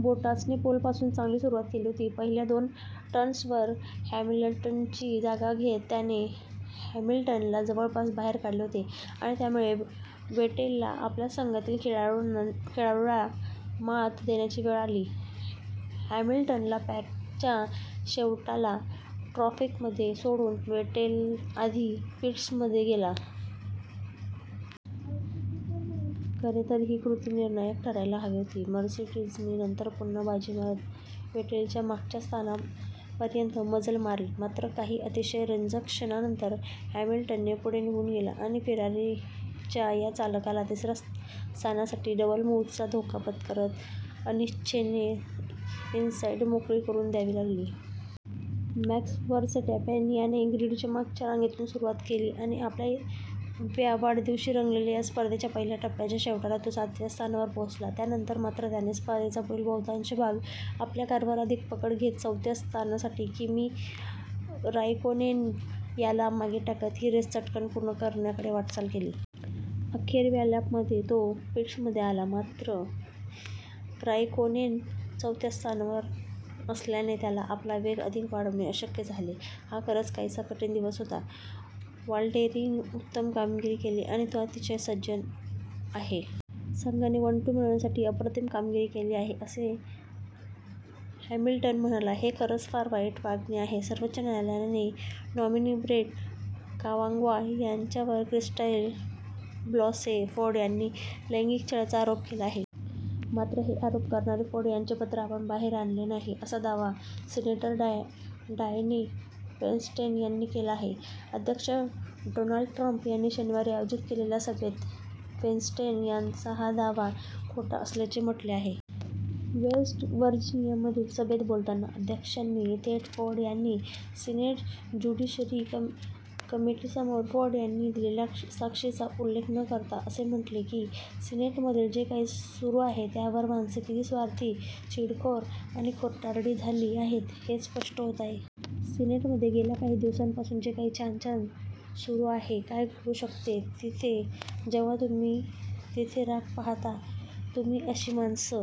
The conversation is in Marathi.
बोटासने पोलपासूनच चांगली सुरुवात केली होती. पहिल्या दोन टर्न्सवर हॅमिलटनची जागा घेत त्याने हॅमिलटनला जवळपास बाहेर काढले होते आणि त्यामुळे वेटेलला आपल्याच संघातील खेळाडूला मात देण्याची वेळ आली. हॅमिलटनला पॅकच्या शेवटाला ट्रॅफिकमध्ये सोडून वेटेल आधी पिट्समध्ये गेला. खरे तर ही कृती निर्णायक ठरायला हवी होती. मर्सिडीजने नंतर पुन्हा बाजी मारत वेटेलच्या मागच्या स्थानापर्यंत मजल मारली. मात्र, काही अतिशय रंजक क्षणांनंतर हॅमिलटन पुढे निघून गेला आणि फेरारीच्या या चालकाला तिसऱ्या स्थानासाठी डबल मुव्हचा धोका पत्करत अनिच्छेने इनसाइड मोकळी करून द्यावी लागली. मॅक्स वर्सेटॅपेन याने ग्रीडच्या मागच्या रांगेतून सुरुवात केली आणि आपल्या व्या वाढदिवशी रंगलेल्या या स्पर्धेच्या पहिल्या टप्प्याच्या शेवटाला तो सातव्या स्थानावर पोहोचला. त्यानंतर मात्र त्याने स्पर्धेचा पुढील बहुतांश भाग आपल्या कारवर अधिक पकड घेत चौथ्या स्थानासाठी किमी राइकोनेन याला मागे टाकत ही रेस चटकन पूर्ण करण्याकडे वाटचाल केली. अखेर व्या लॅपमध्ये तो पिट्समध्ये आला. मात्र, राइकोनेन चौथ्या स्थानावर असलयाने त्याला आपला वेग अधिक वाढवणे अशक्य झाले. हा खरंच काहीसा कठीण दिवस होता. वालटेरीने उत्तम कामगिरी केली आणि तो अतिशय सज्जन आहे. संघाने वन टू मिळवण्यासाठी अप्रतिम कामगिरी केली आहे, " असे हॅमिलटन म्हणाला. हे खरंच फार वाईट वागणे आहे सर्वोच्च न्यायालयाचे नॉमिनी ब्रेट कावांगॉ यांच्यावर क्रिस्टाइन ब्लासे फोर्ड यांनी लैंगिक छळाचा आरोप केला आहे. मात्र, हे आरोप करणारे फोर्ड यांचे पत्र आपण बाहेर आणले नाही, असा दावा सीनेटर डायने फेनस्टेन यांनी केला आहे. अध्यक्ष डोनाल्ड ट्रम्प यांनी शनिवारी आयोजित केलेल्या सभेत फेनस्टेन यांचा हा दावा खोटा असल्याचे म्हटले आहे. वेस्ट वर्जिनियामधील सभेत बोलताना अध्यक्षांनी थेट फोर्ड यांनी सीनेट ज्युडिशरी कमिटीसमोर फोर्ड यांनी दिलेल्या साक्षीचा उल्लेख न करता असे म्हटले की सीनेटमध्ये जे काही सुरू आहे त्यावरून माणसे किती 'स्वार्थी, चिडखोर आणि खोटारडी' झाली आहेत, हेच स्पष्ट होत आहे. " "सिनेटमध्ये गेल्या काही दिवसांपासून जे काही छान छान सुरू आहे, काय घडू शकते तिथे… जेव्हा तुम्ही तिथे राग पाहता, तुम्ही अशी माणसं